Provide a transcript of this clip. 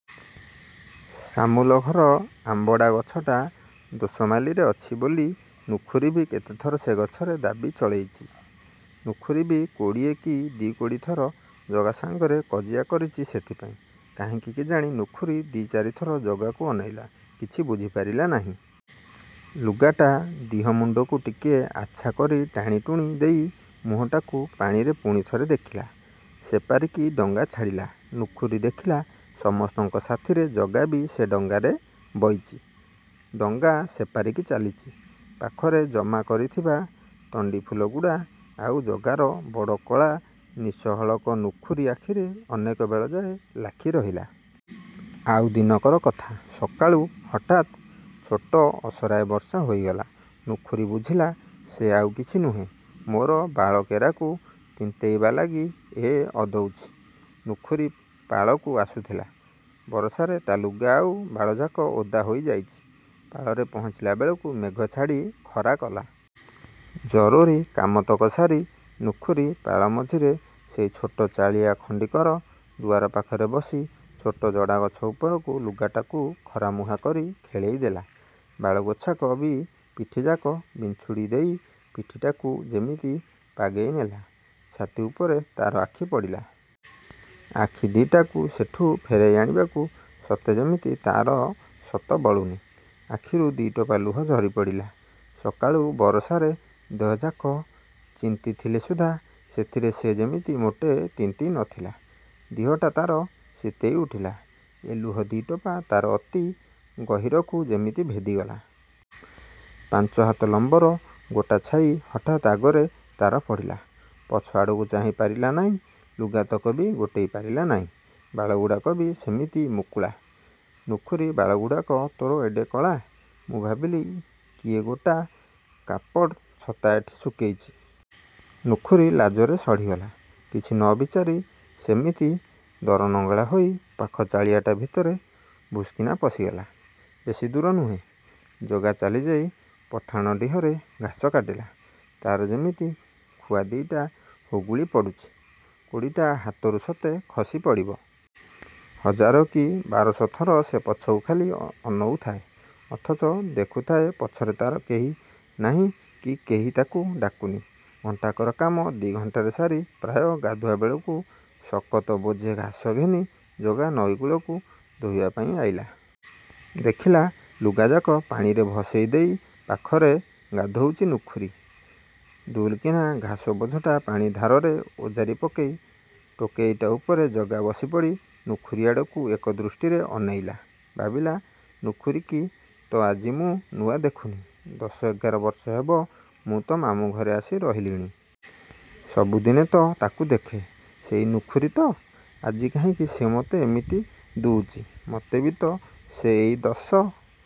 ସାମୁଲଘର ଆମ୍ବଡ଼ାଗଛଟା ଦୋସମାଲିରେ ଅଛି ବୋଲି ନୁଖିୁରୀ ବି କେତେଥର ସେ ଗଛରେ ଦାବୀ ଚଳେଇଚି। ନୁଖୁରୀ ବି କୋଡ଼ିଏ କି ଦି କୋଡ଼ି ଥର ଜଗା ସାଙ୍ଗରେ କଜିଆ କରିଚି ସେଥିପାଇଁ। କାହିଁକି କେଜାଣି, ନୁଖୁରୀ ଦି ଚାରିଥର ଜଗାକୁ ଅନେଇଲା। କିଛି ବୁଝିପାରିଲା ନାହିଁ। ଲୁଗାଟା ଦିହମୁଣ୍ଡକୁ ଟିକେ ଆଚ୍ଛା କରି ଟାଣିଟୁଣି ଦେଇ ମୁଁହଟାକୁ ପାଣିରେ ପୁଣି ଥରେ ଦେଖିଲା। ସେପାରିକି ଡଙ୍ଗା ଛାଡ଼ିଲା। ନୁଖୁରୀ ଦେଖିଲା ସମସ୍ତଙ୍କ ସାଥିରେ ଜଗା ବି ସେ ଡଙ୍ଗାରେ ବଇଚି–ଡଙ୍ଗା ସେପାରିକି ଚାଲିଚି। ପାଖରେ ଜମା କରିଥିବା ତଣ୍ଡିଫୁଲଗୁଡ଼ା ଆଉ ଜଗାର ବଡ଼ କଳା ନିଶହଳକ ନୁଖୁରୀ ଆଖିରେ ଅନେକ ବେଳଯାଏ ଲାଖି ରହିଲା। ଆଉ ଦିନକର କଥା। ସକାଳୁ ହଠାତ୍ ଛୋଟ ଅସରାଏ ବର୍ଷା ହୋଇଗଲା। ନୁଖୁରୀ ବୁଝିଲା, ସେ ଆଉ କିଛି ନୁହେଁ, ମୋର ବାଳ କେରାକୁ ତିନ୍ତେଇବା ଲାଗି ଏ ଅଦଉତି। ନୁଖୁରୀ ପାଳକୁ ଆସୁଥିଲା। ବରଷାରେ ତା ଲୁଗା ଆଉ ବାଳଯାକ ଓଦା ହୋଇଯାଇଚି-। ପାଳରେ ପହଞ୍ଚିଲାବେଳକୁ ମେଘ ଛାଡ଼ି ଖରାକଲା। ଜରୋରି କାମତକ ସାରି ନୁଖୁରୀ ପାଳ ମଝିରେ ସେଇ ଛୋଟ ଚାଳିଆ ଖଣ୍ଡିକର ଦୁଆର ପାଖରେ ବସି ଛୋଟ ଜଡ଼ାଗଛ ଉପରକୁ ଲୁଗାଟାକୁ ଖରାମୁହା କରି ଖେଳେଇ ଦେଲା–ବାଳ ଗୋଛାକ ବି ପିଠିଯାକ ବିଂଛୁଡ଼ି ଦେଇ ପିଠିଟାକୁ ଯେମିତି ପାଗେଇ ନେଲା। ଛାତି ଉପରେ ତାର ଆଖି ପଡ଼ିଲା। ଆଖି ଦିଟାକୁ ସେଠୁ ଫେରେଇ ଆଣିବାକୁ ସତେ ଯେମିତି ତାର ସତ ବଳୁନି। ଆଖିରୁ ଦି ଟୋପା ଲୁହ ଝରି ପଡ଼ିଲା। ସକାଳୁ ବରଷାରେ ଦେହଯାକ ଚିନ୍ତିଥିଲେ ସୁଦ୍ଧା ସେଥିରେ ସେ ଯେମିତି ମୋଟେ ତିନ୍ତି ନ ଥିଲା। ଦିହଟା ତାର ଶୀତେଇ ଉଠିଲା, ଏ ଲୁହ ଦି ଟୋପା ତାର ଅତି ଗହୀରକୁ ଯେମିତି ଭେଦିଗଲା। ପାଞ୍ଚ ହାତ ଲମ୍ବର ଗୋଟା ଛାଇ ହଠାତ୍ ଆଗରେ ତାର ପଡ଼ିଲା, ପଛଆଡ଼କୁ ଚାହିଁ ପାରିଲା ନାଇଁ ଲୁଗାତକ ବି ଗୋଟେଇ ପାରିଲା ନାଇଁ–ବାଳଗୁଡ଼ାକ ବି ସେମିତି ମୁକୁଳା। –ନୁଖୁରୀ ବାଳଗୁଡ଼ାକ ତୋର ଏଡ଼େ କଳା! ମୁଁ ଭାବିଲି କିଏ ଗୋଟା କାପଡ଼୍ ଛତା ଏଠି ଶୁଖେଇଚି। ନୁଖୁରୀ ଲାଜରେ ସଢ଼ିଗଲା। କିଛି ନ ବିଚାରି, ସେମିତି ଦରନଙ୍ଗଳା ହୋଇ ପାଖ ଚାଳିଆଟା ଭିତରେ ଭୁଷ୍କିନା ପଶିଗଲା। ବେଶି ଦୂର ନୁହେଁ। ଜଗା ଚାଲିଯାଇ ପଠାଣ ଡିହରେ ଘାସ କାଟିଲା। ତାର ଯେମିତି ଖୁଆ ଦି'ଟା ହୁଗୁଳି ପଡ଼ୁଚି। କୋଡ଼ିଟା ହାତରୁ ସତେ ଖସି ପଡ଼ିବ! ହଜାର କି ବାରଶ ଥର ସେ ପଛକୁ ଖାଲି ଅନଉଥାଏ–ଅଥଚ ଦେଖୁଥାଏ ପଛରେ ତାର କେହି ନାହିଁ କି କେହି ତାକୁ ଡାକୁ ନି। ଘଣ୍ଟାକର କାମ ଦି ଘଣ୍ଟାରେ ସାରି ପ୍ରାୟ ଗାଧୁଆ ବେଳକୁ ଶକତ ବୋଝେ ଘାସ ଘେନି ଜଗା ନଈକୂଳକୁ ଧୋଇବା ପାଇଁ ଆଇଲା। ଦେଖିଲା, ଲୁଗାଯାକ ପାଣିରେ ଭସେଇ ଦେଇ ପାଖରେ ଗାଧୋଉଚି ନୁଖୁରୀ। ଦୁଲକିନା ଘାସ ବୋଝଟା ପାଣି ଧାରରେ ଓଜାରି ପକେଇ ଟୋକେଇଟା ଉପରେ ଜଗା ବସିପଡ଼ି ନୁଖୁରୀଆଡ଼କୁ ଏକ ଦୃଷ୍ଟିରେ ଅନେଇଲା। ଭାବିଲା, ନୁଖୁରୀକି ତ ଆଜି ମୁଁ ନୂଆ ଦେଖୁନି, ଦଶ ଏଗାର ବର୍ଷ ହବ ମୁଁ ତ ମାମୁଁ ଘରେ ଆସି ରହିଲିଣି। ସବୁଦିନେ ତ ତାକୁ ଦେଖେ, ସେହି ନୁଖୁରୀ ତ, ଆଜି କାହିଁକି ସେ ମୋତେ ଏମିତି ଦୁଉଚି! ମତେ ବି ତ ସେ ଏଇ ଦଶ